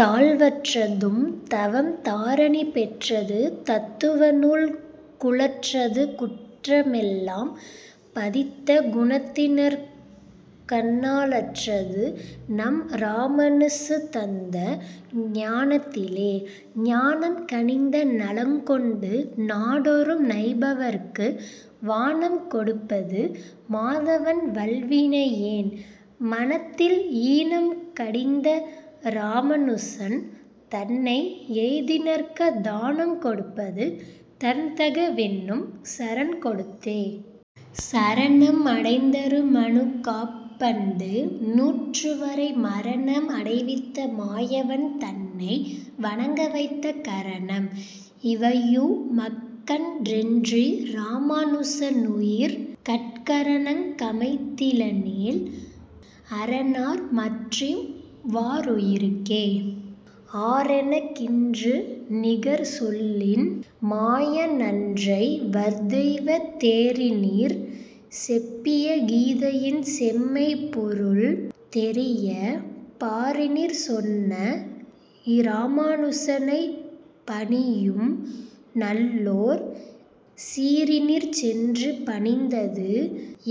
தாழ்வற் றதுதவம் தாரணி பெற்றது, தத்துவநூல் கூழற் றதுகுற்ற மெல்லாம் பதித்த குணத்தினர்க்கந் நாழற் றது, நம் இராமா னுசந்தந்த ஞானத்திலே. ஞானம் கனிந்த நலங்கொண்டு நாடொரும் நைபவர்க்கு வானம் கொடுப்பது மாதவன் வல்வினை யேன்மனத்தில் ஈனம் கடிந்த இராமா னுசன் தன்னை எய்தினர்க்கத் தானம் கொடுப்பது தன்தக வென்னும் சரண்கொடுத்தே. சரணம் அடைந்த தருமனுக் காப், பண்டு நூற்றுவரை மரணம் அடைவித்த மாயவன் தன்னை வணங்கவைத்த கரணம் இவையுமக் கன்றென்றி ராமா னுசனுயிர்கட் கரணங் கமைத்தில னேல், அர ணார்மற்றிவ் வாருயிர்க்கே? ஆரெனக் கின்று நிகர்ச்சொல்லின் மாயனன் றைவர்த்தெய்வத் தேரினிற் செப்பிய கீதையின் செம்மைப் பொருள்தெரியப் பாரினிற் சொன்ன இராமா னுசனைப் பணியும்நல்லோர் சீரினிற் சென்று பணிந்தது,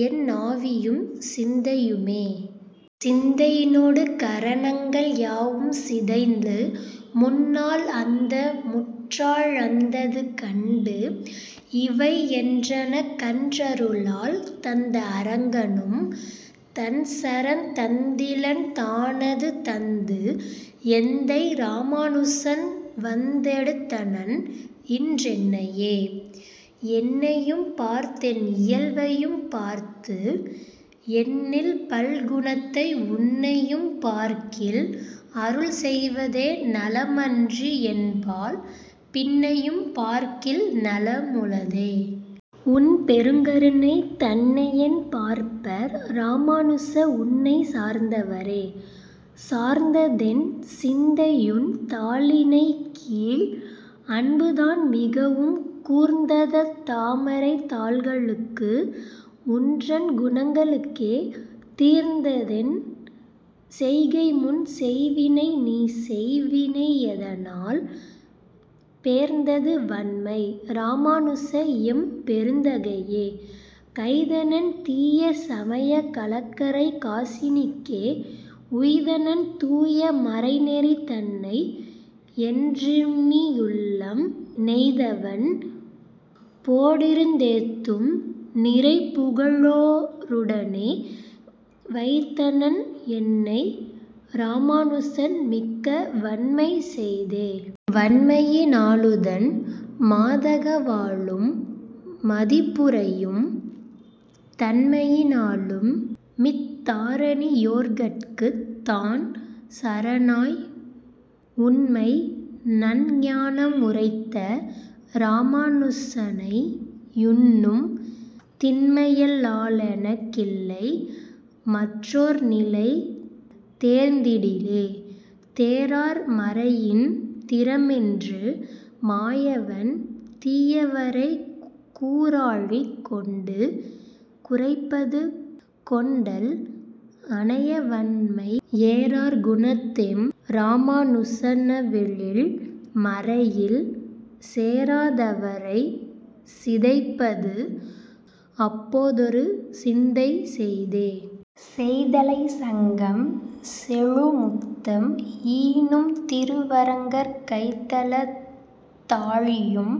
என் னாவியும் சிந்தையுமே. சிந்தையி னோடு கரணங்கள் யாவும் சிதைந்து, முன்னாள் அந்தமுற் றாழ்ந்தது கண்டு, இவை என்றனக் கன்றருளால் தந்த அரங்கனும் தன்சரண் தந்திலன் தானதுதந்து எந்தை இராமா னுசன்வந் தெடுத்தனன் இன்றென்னையே. என்னையும் பார்த்தென் இயல்வையும் பார்த்து, எண்ணில் பல்குணத்த உன்னையும் பார்க்கில் அருள்செய்வ தேநலம் அன்றியென்பால் பின்னையும் பார்க்கில் நலமுள தே? உன் பெருங்கருணை தன்னையென் பார்ப்பர் இராமா னுச உன்னைச் சார்ந்தவரே? சார்ந்ததென் சிந்தையுன் தாளிணைக் கீழ், அன்பு தான்மிகவும் கூர்ந்ததத் தாமரைத் தாள்களுக்கு உன்றன் குணங்களுக்கே தீர்ந்ததென் செய்கைமுன் செய்வினை நீசெய் வினையதனால் பேர்ந்தது வண்மை இராமா னுச எம் பெருந்தகையே. கைத்தனன் தீய சமயக் கலகரைக் காசினிக்கே உய்த்தனன் தூய மறைநெறி தன்னை, என் றுன்னியுள்ளம் நெய்த்தவன் போடிருந் தேத்தும் நிறைபுக ழோருடனே வைத்தனன் என்னை இராமா னுசன்மிக்க வண்மைசெய்தே. வண்மையி னாலுந்தன் மாதக வாலும் மதிபுரையும் தண்மையி னாலுமித் தாரணி யோர்கட்குத் தான்சரணாய் உண்மைநன் ஞானம் உரைத்த இராமா னுசனையுன்னும் திண்மையல் லாலெனக் கில்லை, மற் றோர்நிலை தேர்ந்திடிலே. தேரார் மறையின் திறமென்று மாயவன் தீயவரைக் கூராழி கொண்டு குறைப்பது கொண்டல் அனையவண்மை ஏரார் குணத்தெம் இராமா னுசனவ் வெழில்மறையில் சேரா தவரைச் சிதைப்பது அப் போதொரு சிந்தைசெய்தே. செய்த்தலைச் சங்கம் செழுமுத்தம் ஈனும் திருவரங்கர் கைத்தலத் தாழியும்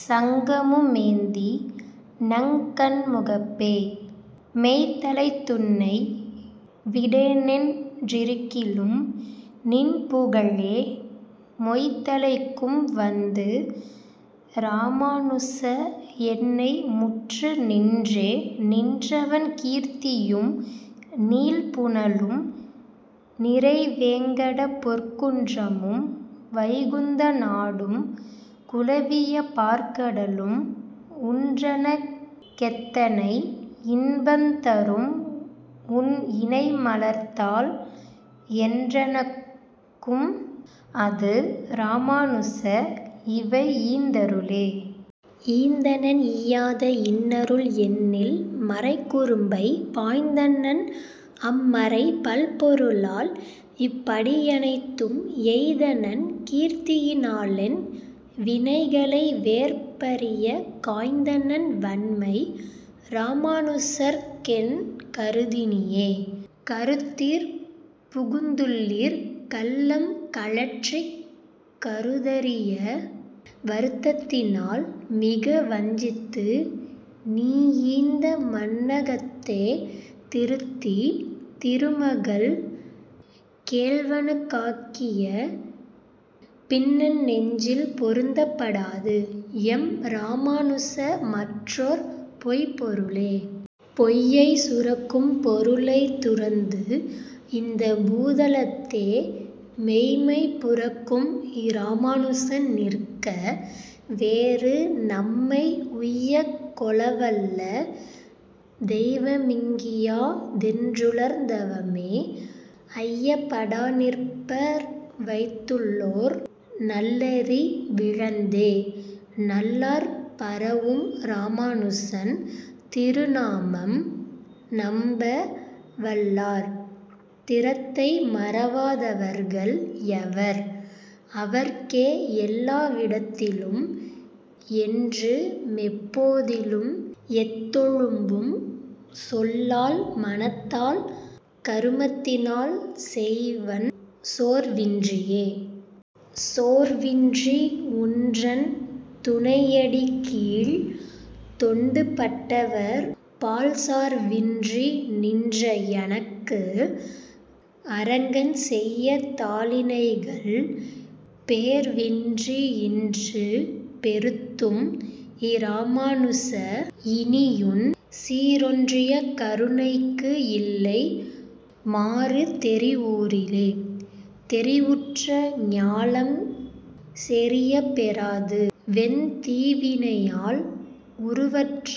சங்கமு மேந்தி, நங் கண்முகப்பே மெய்த்தலைத் துன்னை விடேனென் றிருக்கிலும் நின்புகழே மொய்த்தலைக் கும்வந்து இராமா னுச. என்னை முற்றுநின்றே. நின்றவண் கீர்த்தியும் நீள்புனலும், நிறை வேங்கடப்பொற் குன்றமும் வைகுந்த நாடும் குலவிய பாற்கடலும் உன்றனக் கெத்தனை இன்பந் தரும்உன் இணைமலர்த்தாள் என்றனக் கும்அது, இராமா னுச இவை யீந்தருளே. ஈந்தனன் ஈயாத இன்னருள் எண்ணில் மறைக்குறும்பைப் பாய்ந்தனன் அம்மறைப் பல்பொரு ளால், இப் படியனைத்தும் ஏய்ந்தனன் கீர்த்தியி னாலென் வினைகளை வேர்பறியக் காய்ந்தனன் வண்மை இராமா னுசற்கென் கருத்தினியே? கருத்திற் புகுந்துள்ளிற் கள்ளம் கழற்றிக் கருதரிய வருத்தத்தி னால்மிக வஞ்சித்து நீயிந்த மண்ணகத்தே திருத்தித் திருமகள் கேள்வனுக் காக்கிய பின்னென்னெஞ்சில் பொருத்தப் படாது, எம் இராமா னுச மற்றோர் பொய்ப் பொருளே. பொய்யைச் சுரக்கும் பொருளைத் துறந்து, இந்தப் பூதலத்தே மெய்மைப் புரக்கும் இராமா னுசன்நிற்க, வேறுநம்மை உய்யக் கொளவல்ல தெய்வமிங் கியாதென் றுலர்ந்தவமே ஐயப் படாநிற்பர் வையத்துள் ளோர்நல் லறிவிழந்தே. நல்லார் பரவும் இராமா னுசன், திரு நாமம்நம்ப வல்லார் திறத்தை மறவா தவர்கள் எவர், அவர்க்கே எல்லா விடத்திலும் என்றுமெப் போதிலும் எத்தொழும்பும் சொல்லால் மனத்தால் கருமத்தி னால்செய்வன் சோர்வின்றியே. சோர்வின்றி உன்றன் துணையடிக் கீழ்த், தொண்டு பட்டவர்பால் சார்வின்றி நின்ற எனக்கு, அரங் கன்செய்ய தாளிணைகள் பேர்வின்றி யின்று பெறுத்தும் இராமா னுச. இனியுன் சீரொன் றியகரு ணைக்கு, இல்லை மாறு தெரிவுறிலே. தெரிவுற்ற ஞாலம் செறியப் பெறாது, வெந் தீவினையால் உருவற்ற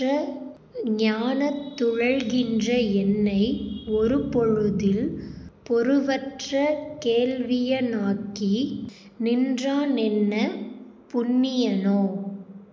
ஞானத் துழல்கின்ற என்னை, ஒருபொழுதில் பொருவற்ற கேள்விய னாக்கிநின் றானென்ன புண்ணீயனோ.